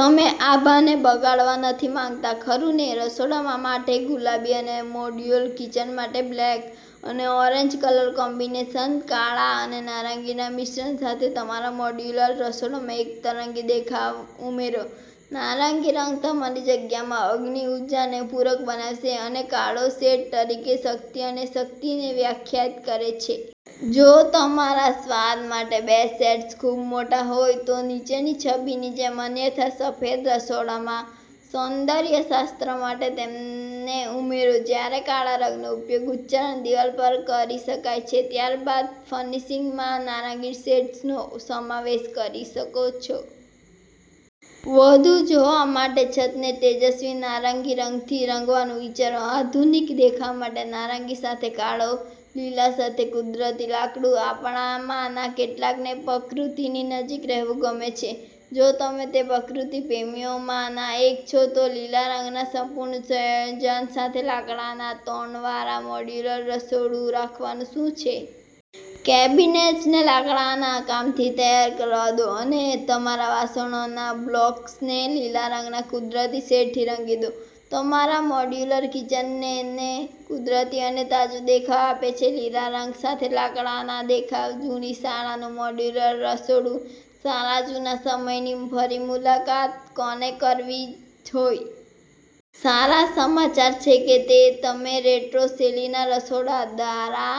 તમે આભાને બગાડવા નથી માંગતા, ખરું ને? રસોડા માટે ગુલાબી અને લાલ મોડ્યુલર કિચન માટે બ્લેક અને ઓરેન્જ કલર કોમ્બિનેશન કાળા અને નારંગીના મિશ્રણ સાથે તમારા મોડ્યુલર રસોડામાં એક તરંગી દેખાવ ઉમેરો. નારંગી રંગ તમારી જગ્યામાં અગ્નિ ઊર્જાને પૂરક બનાવશે, અને કાળો શેડ તરીકે શક્તિ અને શક્તિને વ્યાખ્યાયિત કરે છે. જો તમારા સ્વાદ માટે બે શેડ્સ ખૂબ મોટા હોય, તો નીચેની છબીની જેમ અન્યથા સફેદ રસોડામાં સૌંદર્ય શાસ્ત્ર માટે તેમને ઉમેરો. જ્યારે કાળા રંગનો ઉપયોગ ઉચ્ચારણ દિવાલ પર કરી શકાય છે, ત્યારે તમે ફર્નિશિંગમાં નારંગીના શેડ્સનો સમાવેશ કરી શકો છો. વધુ જોવા માટે, છતને તેજસ્વી નારંગી રંગથી રંગવાનું વિચારો. આધુનિક દેખાવ માટે નારંગી સાથે કાળો લીલા સાથે કુદરતી લાકડું આપણામાંના કેટલાકને પ્રકૃતિની નજીક રહેવું ગમે છે. જો તમે તે પ્રકૃતિ પ્રેમીઓમાંના એક છો, તો લીલા રંગના સંપૂર્ણ સંયોજન સાથે લાકડાના ટોનવાળા મોડ્યુલર રસોડું રાખવાનું શું છે? કેબિનેટ્સને લાકડાના કામથી તૈયાર કરવા દો, અને તમારા વાસણોના બ્લોક્સને લીલા રંગના કુદરતી શેડથી રંગી દો. તમારા મોડ્યુલર કિચનને કુદરતી અને તાજું દેખાવ આપે છે. લીલા રંગ સાથે લાકડાના દેખાવ જૂની શાળાનું મોડ્યુલર રસોડું સારા જૂના સમયની ફરી મુલાકાત કોનેકરવી હોય? સારા સમાચારછે કે તમે રેટ્રો-શૈલીના રસોડા દ્વારા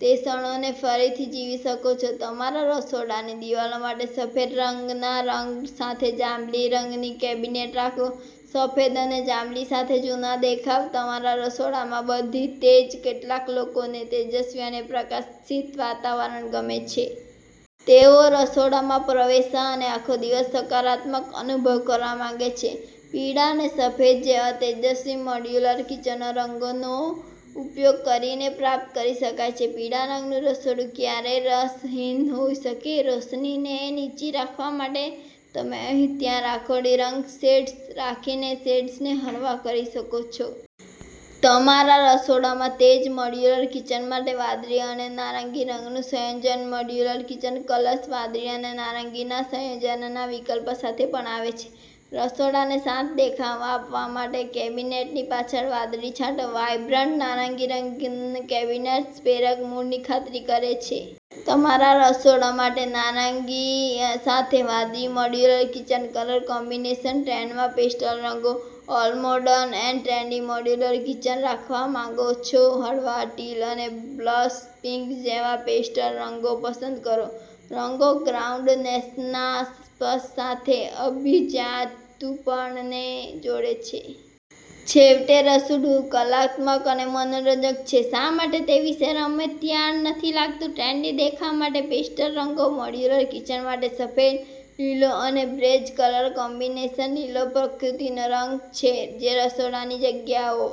તે ક્ષણોને ફરીથી જીવી શકો છો. તમારા રસોડાની દિવાલો માટે સફેદ રંગના રંગ સાથે જાંબલી રંગની કેબિનેટ રાખો. સફેદ અને જાંબલી સાથે જૂના દેખાવ તમારા રસોડામાં બધી તેજ કેટલાક લોકોને તેજસ્વી અને પ્રકાશિત વાતાવરણ ગમે છે. તેઓ રસોડામાં પ્રવેશવા અને આખો દિવસ સકારાત્મક અનુભવ કરવા માંગે છે. પીળા અને સફેદ જેવા તેજસ્વી મોડ્યુલર કિચન રંગોનો ઉપયોગ કરીને પ્રાપ્ત કરી શકાય છે. પીળા રંગનું રસોડું ક્યારેય રસહીન હોઈ શકે? રોશનીને નીચી રાખવા માટે તમે અહીં-ત્યાં રાખોડી રંગના શેડ્સ રાખીને શેડ્સને હળવા કરી શકો છો. તમારા રસોડામાં તેજ મોડ્યુલર કિચન માટે વાદળી અને નારંગી રંગનું સંયોજન મોડ્યુલર કિચન કલર્સ વાદળી અને નારંગીના સંયોજનના વિકલ્પ સાથે પણ આવે છે. રસોડાને શાંત દેખાવ આપવા માટે કેબિનેટની પાછળ વાદળી છાંટો. વાઇબ્રન્ટ નારંગી-રંગીન કેબિનેટ્સ પ્રેરક મૂડની ખાતરી કરે છે. તમારા રસોડા માટે નારંગી સાથે વાદળી મોડ્યુલર કિચન કલર કોમ્બિનેશનટ્રેન્ડમાં પેસ્ટલ રંગો ઓલ-મોર્ડન અને ટ્રેન્ડી મોડ્યુલર કિચન રાખવા માંગો છો? હળવા ટીલ અને બ્લશ પિંક જેવા પેસ્ટલ રંગો પસંદ કરો. રંગો ગ્રાઉન્ડનેસના સ્પર્શ સાથે અભિજાત્યપણુને જોડે છે. છેવટે, રસોડું કલાત્મક અને મનોરંજક છે. શા માટે તે વિશે રમતિયાળ નથી લાગતું? ટ્રેન્ડી દેખાવ માટે પેસ્ટલ રંગો મોડ્યુલર કિચન માટે સફેદ, લીલો અને બેજ કલર કોમ્બિનેશન લીલોપ્રકૃતિનો રંગ છે જે રસોડાની જગ્યાઓ